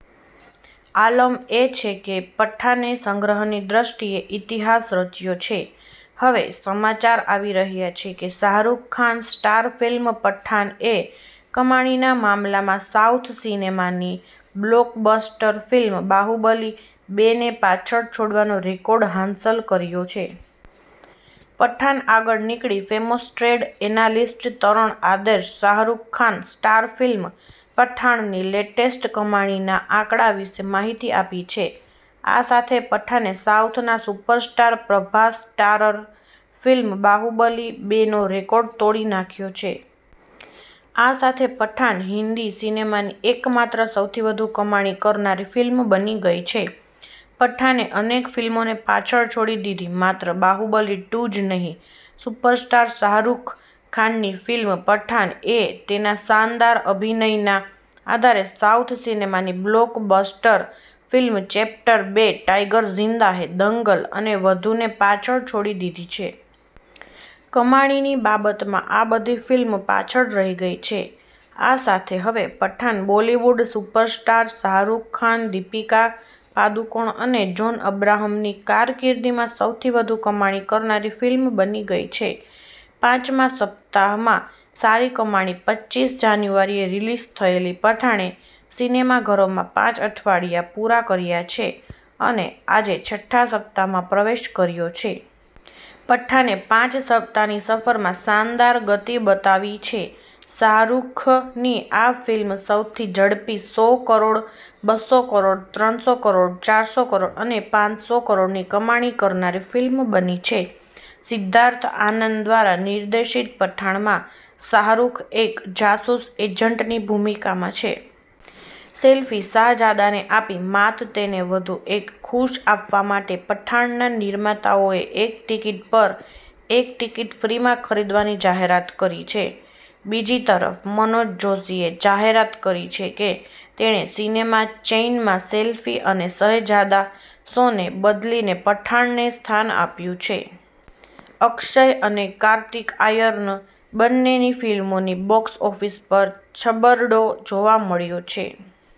આલમ એ છે કે 'પઠાને' સંગ્રહની દૃષ્ટિએ ઇતિહાસ રચ્યો છે. હવે સમાચાર આવી રહ્યા છે કે શાહરૂખ ખાન સ્ટાર ફિલ્મ 'પઠાન'એ કમાણીના મામલામાં સાઉથ સિનેમાની બ્લોકબસ્ટર ફિલ્મ 'બાહુબલી બે 'ને પાછળ છોડવાનો રેકોર્ડ હાંસલ કર્યો છે. 'પઠાન' આગળ નીકળી ફેમસ ટ્રેડ એનાલિસ્ટ તરણ આદર્શે શાહરૂખ ખાન સ્ટાર ફિલ્મ 'પઠાણ'ની લેટેસ્ટ કમાણીના આંકડા વિશે માહિતી આપી છે. આ સાથે 'પઠાને' સાઉથના superstar Prabhas starrer film 'Baahubali બે 'નો રેકોર્ડ તોડી નાખ્યો છે. આ સાથે 'પઠાન' હિન્દી સિનેમાની એકમાત્ર સૌથી વધુ કમાણી કરનારી ફિલ્મ બની ગઈ છે. 'પઠાને' અનેક ફિલ્મોને પાછળ છોડી દીધી માત્ર 'બાહુબલી ટુ' જ નહીં, સુપરસ્ટાર શાહરૂખ ખાનની ફિલ્મ 'પઠાણ'એ તેના શાનદાર અભિનયના આધારે સાઉથ સિનેમાની બ્લોકબસ્ટર ફિલ્મ ચેપ્ટર બે, ટાઈગર ઝિંદા હૈ, દંગલ અને વધુને પાછળ છોડી દીધી છે. કમાણીની બાબતમાં આ બધી ફિલ્મ પાછળ રહી ગઈ છે. આ સાથે હવે પઠાન બોલિવૂડ સુપરસ્ટાર શાહરૂખ ખાન, દીપિકા પાદુકોણ અને જોન અબ્રાહમની કારકિર્દીમાં સૌથી વધુ કમાણી કરનારી ફિલ્મ બની ગઈ છે. પાંચમા સપ્તાહમાં સારી કમાણી પચ્ચીસ જાન્યુઆરીએ રિલીઝ થયેલી પઠાણે સિનેમાઘરોમાં પાંચ અઠવાડિયા પૂરા કર્યા છે અને આજે છઠ્ઠા સપ્તાહમાં પ્રવેશ કર્યો છે. પઠાને પાંચ સપ્તાહની સફરમાં શાનદાર ગતિ બતાવી છે. શાહરૂખની આ ફિલ્મ સૌથી ઝડપી સો કરોડ, બસો કરોડ, ત્રણસો કરોડ, ચારસો કરોડ અને પાંસો કરોડની કમાણી કરનારી ફિલ્મ બની છે. સિદ્ધાર્થ આનંદ દ્વારા નિર્દેશિત પઠાણમાં શાહરૂખ એક જાસૂસ એજન્ટની ભૂમિકામાં છે. સેલ્ફી-શાહજાદાને આપી માત તેને વધુ એક પુશ આપવા માટે, પઠાણના નિર્માતાઓએ એક ટિકિટ પર એક ટીકીટ ફ્રીમાં ખરીદવાની જાહેરાત કરી છે. બીજી તરફ મનોજ જોશીએ જાહેરાત કરી છે કે, તેણે સિનેમા ચેઈનમાં સેલ્ફી અને શહેઝાદા શોને બદલીને પઠાણને સ્થાન આપ્યું છે. અક્ષય અને કાર્તિક આર્યન બંનેની ફિલ્મોની બોક્સ ઓફિસ પર છબરડો જોવા મળ્યો છે.